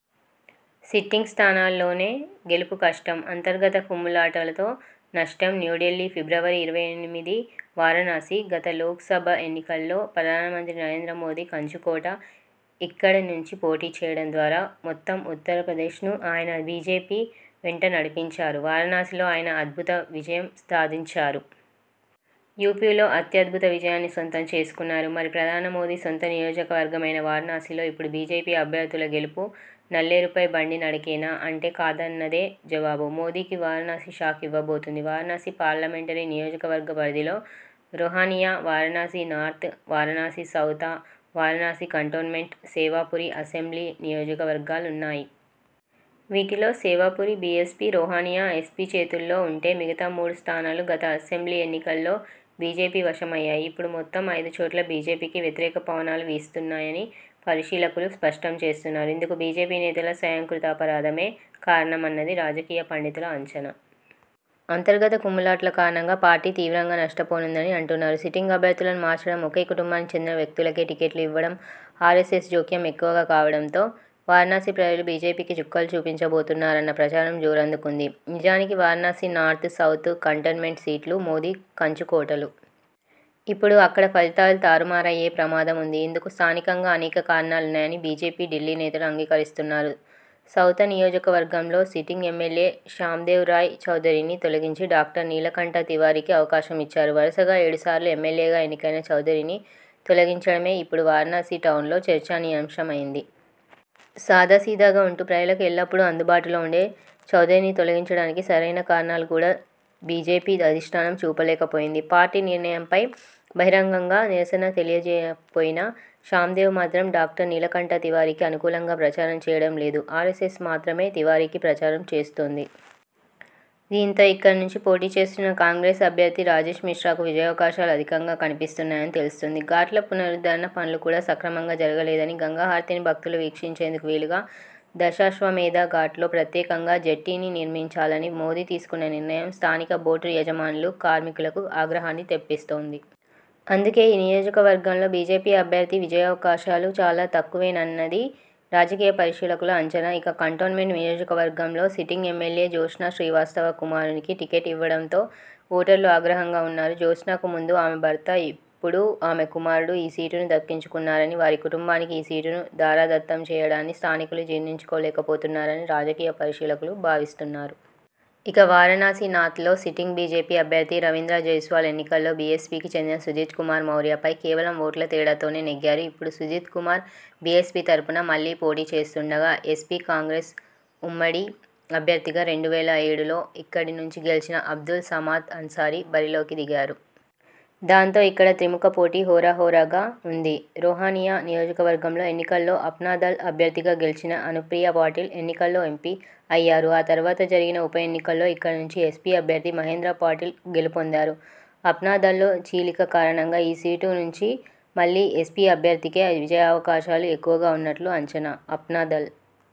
Sitting స్థానాల్లోనే గెలుపు కష్టం అంతర్గత కుమ్ములాటలతో నష్టం న్యూఢిల్లీ, ఫిబ్రవరి ఇరవై ఎనిమిది వారణాసి! గత లోక్ సభ ఎన్నికల్లో ప్రధాన మంత్రి నరేంద్ర మోదీ కంచుకోట ఇక్కడి నుంచి పోటీ చేయడం ద్వారా మొత్తం ఉత్తరప్రదేశ్ను ఆయన బీజేపీ వెంట నడిపించారు! వారణాసిలో ఆయన అద్భుత విజయం సాధించారు. యూపీలో అత్యద్భుత విజయాన్ని సొంతం చేసుకున్నారు! మరి, ప్రధాని మోదీ సొంత నియోజకవర్గమైన వారణాసిలో ఇప్పుడు బీజేపీ అభ్యర్థుల గెలుపు నల్లేరుపై బండి నడకేనా? అంటే కాదన్నదే జవాబు! మోదీకి వారణాసి షాక్ ఇవ్వబోతోంది. వారణాసి పార్లమెంటరీ నియోజకవర్గ పరిధిలో Rohaniya, Varanasi north, Varanasi south, Varanasi cantonment, Sevapuri assembly నియోజకవర్గాలున్నాయి. వీటిలో సేవాపురి బీఎస్పీ, రొహానియా ఎస్పీ చేతు ల్లో ఉంటే, మిగతా మూడు స్థానాలు గత అసెంబ్లీ ఎన్నికల్లో బీజేపీ వశమయ్యాయి. ఇప్పుడు మొత్తం ఐదుచోట్లా బీజేపీకి వ్యతిరేక పవనాలు వీస్తున్నాయని పరిశీలకులు స్పష్టం చేస్తున్నారు. ఇందుకు బీజేపీ నేతల స్వయంకృతాపరాధమే కారణమన్నది రాజకీయ పండితుల అంచనా. అంతర్గత కుమ్ములాటల కారణంగా పార్టీ తీవ్రంగా నష్టపోనుందని అంటున్నారు. సిటింగ్ అభ్యర్థులను మార్చడం, ఒకే కుటుంబానికి చెందిన వ్యక్తులకే టికెట్లు ఇవ్వడం, ఆర్ఎ్సఎస్ జోక్యం ఎక్కువ కావడంతో వారణాసి ప్రజలు బీజేపీకి చుక్కలు చూపించబోతున్నారన్న ప్రచారం జోరందుకుంది. నిజానికి, వారణాసి నార్త్, సౌత, కంటోన్మెంట్ సీట్లు మోదీ కంచుకోటలు. ఇప్పుడు అక్కడా ఫలితాలు తారుమారయ్యే ప్రమాదముంది. ఇందుకు స్థానికంగా అనేక కారణాలున్నాయని బీజేపీ ఢిల్లీ నేతలూ అంగీకరిస్తున్నారు. సౌత నియోజకవర్గంలో సిటింగ్ ఎమ్మెల్యే శ్యాందేవ్ రాయ్ చౌధరిని తొలగించి డాక్టర్ నీలకంఠ తివారీకి అవకాశం ఇచ్చారు. వరుసగా ఏడుసార్లు ఎమ్మెల్యేగా ఎన్నికైన చౌధరిని తొలగించడమే ఇప్పుడు వారణాసి టౌన్లో చర్చనీయాంశమైంది. సాదాసీదాగా ఉంటూ ప్రజలకు ఎల్లప్పుడూ అందుబాటులో ఉండే చౌధరిని తొలగించడానికి సరైన కారణాలను కూడా బీజేపీ అధిష్ఠానం చూపలేకపోయింది. పార్టీ నిర్ణయంపై బహిరంగంగా నిరసన తెలియజేయపోయినా.. శ్యాందేవ్ మాత్రం డాక్టర్ నీలకంఠ తివారీకి అనుకూలంగా ప్రచారం చేయడం లేదు. ఆరెస్సెస్ మాత్రమే తివారీకి ప్రచారం చేస్తోంది. దీంతో, ఇక్కడ నుంచి పోటీ చేస్తున్న కాంగ్రెస్ అభ్యర్థి రాజేశ్ మిశ్రాకు విజయావకాశాలు అధికంగా కనిపిస్తున్నాయని తెలుస్తుంది. ఘాట్ల పునరుద్ధరణ పనులు కూడా సక్రమంగా జరగలేదని, గంగా హారతిని భక్తులు వీక్షించేందుకు వీలుగా దశాశ్వమేధ ఘాట్లో ప్రత్యేకంగా జెట్టీనినిర్మించాలని మోదీ తీసుకున్న నిర్ణయం స్థానిక బోటు యజమానులు, కార్మికులకు ఆగ్రహాన్ని తెప్పిస్తోంది. అందుకే ఈ నియోజకవర్గంలో బీజేపీ అభ్యర్థి విజయావకాశాలు చాలా తక్కువేనన్నది రాజకీయ పరిశీలకుల అంచనా. ఇక, కంటోన్మెంట్ నియోజకవర్గంలో సిటింగ్ ఎమ్మెల్యే జ్యోత్స్న శ్రీవాత్సవ కుమారునికి టికెట్ ఇవ్వడంతో ఓటర్లు ఆగ్రహంగా ఉన్నారు. జ్యోత్స్నకు ముందు ఆమె భర్త, ఇప్పుడు ఆమె కుమారుడు ఈ సీటును దక్కించుకున్నారని, వారి కుటుంబానికి ఈ సీటును ధారాదత్తం చేయడాన్ని స్థానికులు జీర్ణించుకోలేకపోతున్నారని రాజకీయ పరిశీలకులు భావిస్తున్నారు. ఇక, వారణాసి నార్త్లో సిటింగ్ బీజేపీ అభ్యర్థి రవీంద్ర జైస్వాల్ ఎన్నికల్లో బీఎస్పీకి చెందిన సుజత్ కుమార్ మౌర్యపై కేవలం ఓట్ల తేడాతోనే నెగ్గారు. ఇప్పుడు సుజిత్ కుమార్ బీఎస్పీ తరపున మళ్లీ పోటీ చేస్తుండగా, ఎస్పీ-కాంగ్రెస్ ఉమ్మడి అభ్యర్థిగా రెండు వేల ఏడులో ఇక్కడి నుంచి గెలిచిన అబ్దుల్ సమాద్ అన్సారీ బరిలోకి దిగారు. దాంతో, ఇక్కడ త్రిముఖ పోటీ హోరాహోరాగా ఉంది. రొహానియా నియోజకవర్గంలో ఎన్నికల్లో అప్నాదళ్ అభ్యర్థిగా గెలిచిన అనుప్రియా పాటిల్ ఎన్నికల్లో ఎంపీ అయ్యారు. ఆ తర్వాత జరిగిన ఉప ఎన్నికల్లో ఇక్కడ నుంచి ఎస్పీ అభ్యర్థి మహేంద్ర పాటిల్ గెలుపొందారు. అప్నాదళ్లో చీలిక కారణంగా ఈ సీటు నుంచి మళ్లీ ఎస్పీ అభ్యర్థికే విజయావకాశాలు ఎక్కువగా ఉన్నట్లు అంచనా. అప్నాదళ్